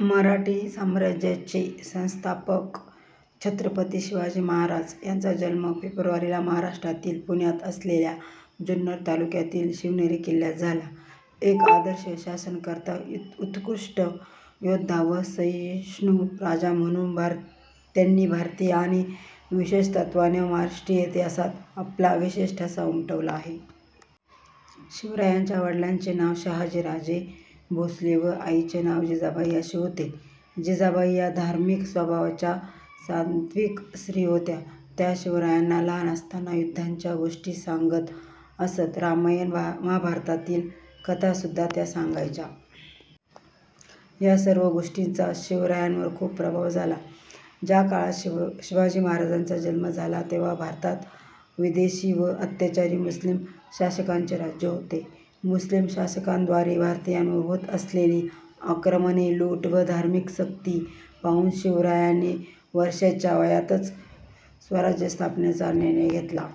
मराठी साम्राज्याचे संस्थापक छत्रपती शिवाजी महाराज यांचा जन्म फेब्रुवारी ला महाराष्ट्रातील पुण्यात असलेल्या जुन्नर तालुक्यातील शिवनेरी किल्ल्यावर झाला. एक आदर्श शासनकर्ता, उत्कृष्ट योद्धा व सहिष्णू राजा म्हणून त्यांनी भारतीय आणि विशेषत्वाने महाराष्ट्रीय इतिहासात आपला विशेष ठसा उमटवला आहे. शिवरायांच्या वडिलांचे नाव शहाजी राजे भोसले व आईचे नाव जिजाबाई असे होते. जिजाबाई या धार्मिक स्वभावाच्या सात्विक स्त्री होत्या, त्या शिवरायांना लहान असताना युद्धाच्या गोष्टी सांगत असत. रामायण महाभारतातील कथा सुद्धा त्या सांगायच्या. या सर्व गोष्टींचा शिवरायांवर खूप प्रभाव झाला. ज्या काळात शिवाजी महाराजांचा जन्म झाला तेव्हा भारतात विदेशी व अत्याचारी मुस्लिम शासकांचे राज्य होते. मुस्लीम शासकांद्वारे भारतीयांवर होत असलेली आक्रमणे, लूट व धार्मिक सक्ती पाहून शिवरायांनी वर्षाच्या वयातच स्वराज्य स्थापनेचा निर्णय घेतला.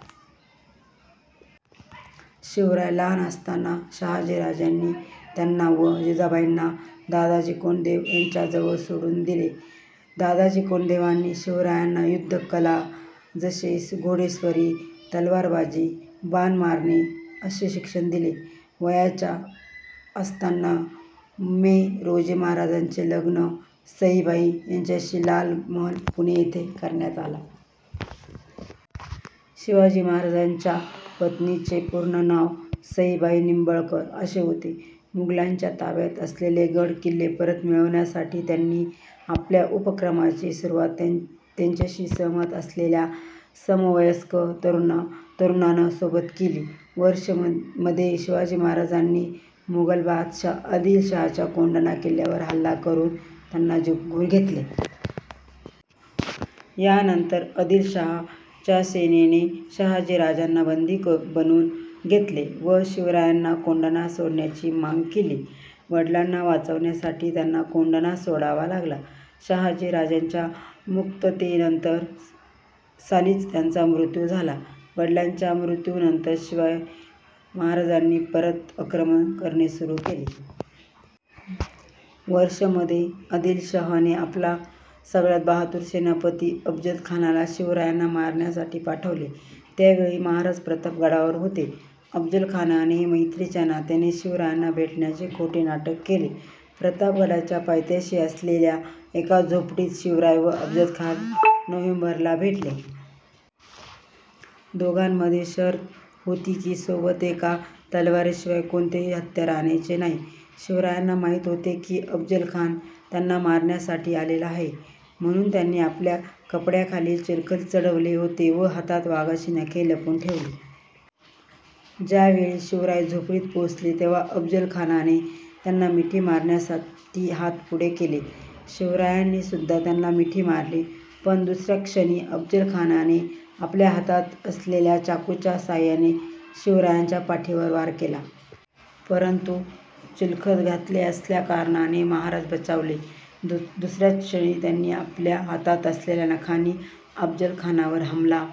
शिवराय लहान असताना शहाजी राजांनी त्यांना व जिजाबाईंना दादाजी कोंडदेव यांच्या जवळ सोडून दिले. दादाजी कोंडदेवानीच शिवरायांना युद्ध कला, जसे घोडस्वरी, तलवारबाजी, बान मारणे असे शिक्षण दिले. वर्षाच्या असताना मै रोजी महाराजांचे लग्न सईबाई यांच्याशी लाल महल पुणे येथे करण्यात आला. शिवाजी महाराज्यांच्या पत्नीचे चे पूर्ण नाव सईबाई निबळकर असे होते. मुघलांच्या ताब्यात असलेले गड किल्ले परत मिळवण्यासाठी त्यांनी आपल्या उपक्रमाची सुरुवात, त्यांच्याशी सहमत असलेल्या समवयस्क तरुणान सोबत केली. वर्ष मध्ये शिवाजी महाराजांनी मुघल बादशाह आदिलशाहच्या कोंढाणा किल्यावर हल्ला करून त्याला जिंकून घेतले. या नंतर आदिलशाह च्या सेनेने शहाजी राजांना बंदी बनून घेतले व शिवरायांना कोंढाणा सोडण्याची मांग केली. वडिलांना वाचवण्यासाठी त्यांना कोंढाणा सोडावा लागला. शाहजी राजाच्या मुक्ततेनंतर सालीच त्यांचा मृत्यू झाला. वडिलांच्या मृत्यूनंतर शिवाय महाराजांनी परत आक्रमण करणे सुरू केले. वर्ष मध्ये आदिलशाह ने आपला सगळ्यात बहादुर सेनापती अफजलखानाला शिवरायांना मारण्यासाठी पाठवले. त्या वेळी महाराज प्रतापगडावर होते. अफजलखानाने मैत्रीच्या नात्याने शिवरायांना भेटण्याचे खोटे नाटक केले. प्रतापगडाच्या पायथ्याशी असलेल्या एका झोपडीत शिवराय व अफजलखान नोव्हेंबर ला भेटले. दोघांमध्ये शर्त होती की सोबत एका तलवारी शिवाय कोणतेही हत्यार आणायचे नाही. शिवरायांना माहीत होते की अफजलखान त्यांना मारण्यासाठी आलेला आहे म्हणून त्यांनी आपल्या कपड्यांखाली चिलखत चढविले होते व हातात वाघाची नखे लपवून ठेवली. ज्या वेळी शिवराय झोपडीत पोहचले तेव्हा अफजल खानाने त्यांना मिठी मारण्यासाठी हाथ पुढे केले, शिवरायांनी सुद्धा त्याला मिठी मारली पण दुसऱ्याच क्षणी अफजल खानाने आपल्या हातात असलेल्या चाकूच्या सहायाने शिवरायांच्या पाठीवर वार केला. परंतु चिलखत घातले असल्याकारणाने महाराज बचावले. दुसऱ्याच क्षणी त्यांनी आपल्या हातात असलेल्या नखांनी अफजलखानावर हमला